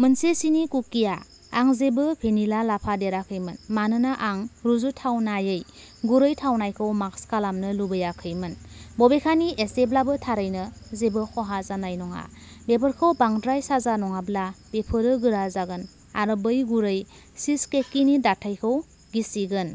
मोनसे सिनि कुकिआ। आं जेबो भेनिला लाफादेराखैमोन मानोना आं रुजुथावनायै गुरै थावनायखौ मास्क खालामनो लुबैयाखैमोन। बबेखानि एसेब्लाबो थारैनो जेबो खहा जानाय नङा। बेफोरखौ बांद्राय साजा नङाब्ला बेफोरो गोरा जागोन आरो बै गुरै चीजकेकिनि दाथायखौ गिसिगोन।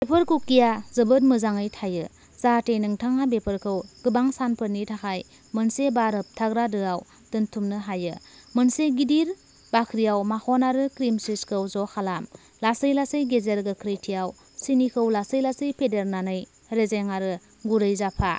बेफोर कुकिआ जोबोद मोजाङै थायो। जाहाथे नोंथाङा बेफोरखौ गोबां सानफोरनि थाखाय मोनसे बार होबथाग्रा दोआव दोनथुमनो हायो। मोनसे गिदिर बाख्रियाव माखन आरो क्रिम चीजखौ ज'खालाम। लासै-लासै गेजेर गोख्रैथियाव सिनिखौ लासै-लासै फेदेरनानै रेजें आरो गुरै जाफा।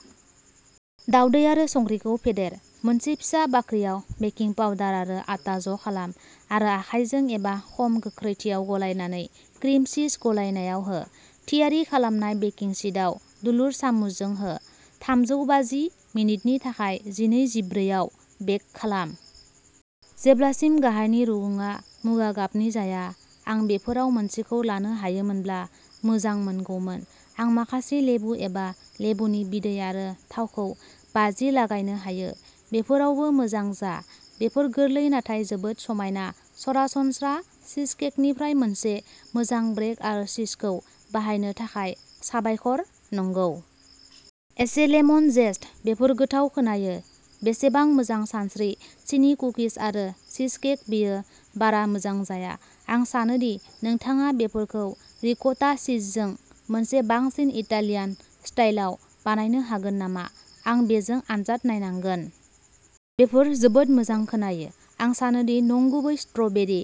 दावदै आरो संख्रिखौ फेदेर। मोनसे फिसा बाख्रियाव बेकिं पाउडार आरो आटा ज'खालाम आरो आखायजों एबा खम गोख्रैथियाव गलायनानै क्रिम चीज गलायनायाव हो। थियारि खालामनाय बेकिं शीटआव दुलुर सामुसजों हो। थामजौ बाजि मिनिटनि थाखाय जिनै-जिब्रै आव बेक खालाम। जेब्लासिम गाहायनि रुगुङा मुगा गाबनि जाया। आं बेफोराव मोनसेखौ लानो हायोमोनब्ला मोजांमोनगौमोन। आं माखासे लेबु एबा लेबुनि बिदै आरो थावखौ बाजि लागायनो हायो। बेफोरावबो मोजां जा। बेफोर गोरलै नाथाय जोबोद समायना सरासनस्रा चीजकेकनिफ्राय मोनसे मोजां ब्रेक आरो चीजखौ बाहायनो थाखाय साबायखर नंगौ। एसे लेमन जेस्ट। बेफोर गोथाव खोनायो। बेसेबां मोजां सानस्रि सिनि कुकिज आरो चीजकेक बेयो बारा मोजां जाया। आं सानो दि नोंथाङा बेफोरखौ रिक'टा चीजजों मोनसे बांसिन इटालियान स्टाइलआव बानायनो हागोन नामा। आं बेजों आनजाद नायनांगोन। बेफोर जोबोद मोजां खोनायो। आं सानोदि नंगुबै स्ट्र'बेरि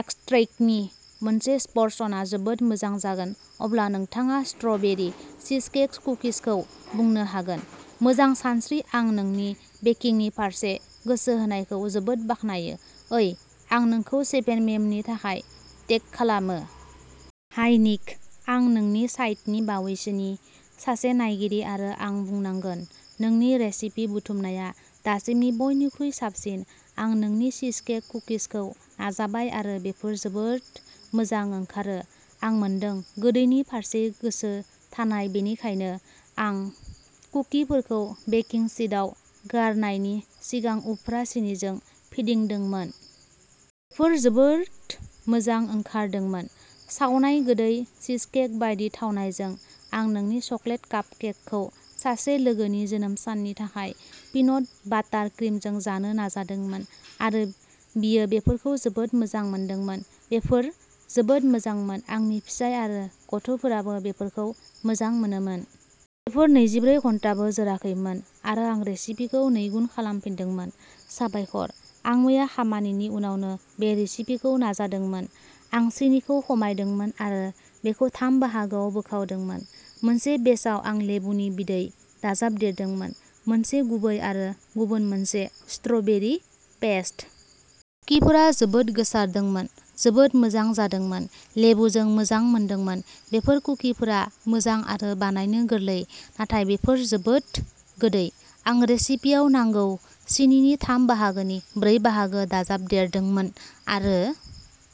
एक्सट्रैक्टनि मोनसे स्पर्शनआ जोबोद मोजां जागोन। अब्ला नोंथाङा स्ट्र'बेरि चीजकेक कुकिजखौ बुंनो हागोन। मोजां सानस्रि आं नोंनि बेकिंगनि फारसे गोसो होनायखौ जोबोद बाख्नायो। ओइ आं नोंखौ सेभेन मेमनि थाखाय टेग खालामो! हाय निक आं नोंनि साइटनि बावैसोनि सासे नायगिरि आरो आं बुंनांगोन। नोंनि रेसिपि बुथुमनाया दासिमनि बयनिख्रुइ साबसिन। आं नोंनि चीजकेक कुकिजखौ नाजाबाय आरो बेफोर जोबोद मोजां ओंखारो। आं मोनदों। गोदैनि फारसे गोसो थानाय बेनिखायनो आं कुकिफोरखौ बेकिं शीटआव गारनायनि सिगां उफ्रा सिनिजों फिदिंदोंमोन। बेफोर जोबोद मोजां ओंखारदोंमोन। सावनाय गोदै चीजकेक बायदि थावनायजों। आं नोंनि चकलेट कापकेकखौ सासे लोगोनि जोनोम साननि थाखाय पिनट बाटार क्रिमजों जानो नाजादोंमोन आरो बियो बेफोरखौ जोबोद मोजां मोनदोंमोन। बेफोर जोबोद मोजांमोन। आंनि फिसाय आरो गथ'फोराबो बेफोरखौ मोजां मोनोमोन। बेफोर नैजिब्रै घन्टाबो जोराखैमोन आरो आं रेसिपिखौ नैगुन खालामफिनदोंमोन। साबायखर। आं मैया खामानिनि उनावनो बे रेसिपिखौ नाजादोंमोन। आं सिनिखौ खमायदोंमोन आरो बेखौ थाम बाहागोआव बोखावदोंमोन। मोनसे बेचआव आं लेबुनि बिदै दाजाबदेरदोंमोन। मोनसे गुबै आरो गुबुन मोनसे स्ट्रबेरी पेस्ट। कुकिफोरा जोबोद गोसारदोंमोन। जोबोद मोजां जादोंमोन। लेबुजों मोजां मोनदोंमोन। बेफोर कुकिफोरा मोजां आरो बानायनो गोरलै नाथाय बेफोर जोबोद गोदै। आं रेसिपिआव नांगौ सिनिनि थाम बाहागोनि ब्रै बाहागो दाजाबदेरदोंमोन आरो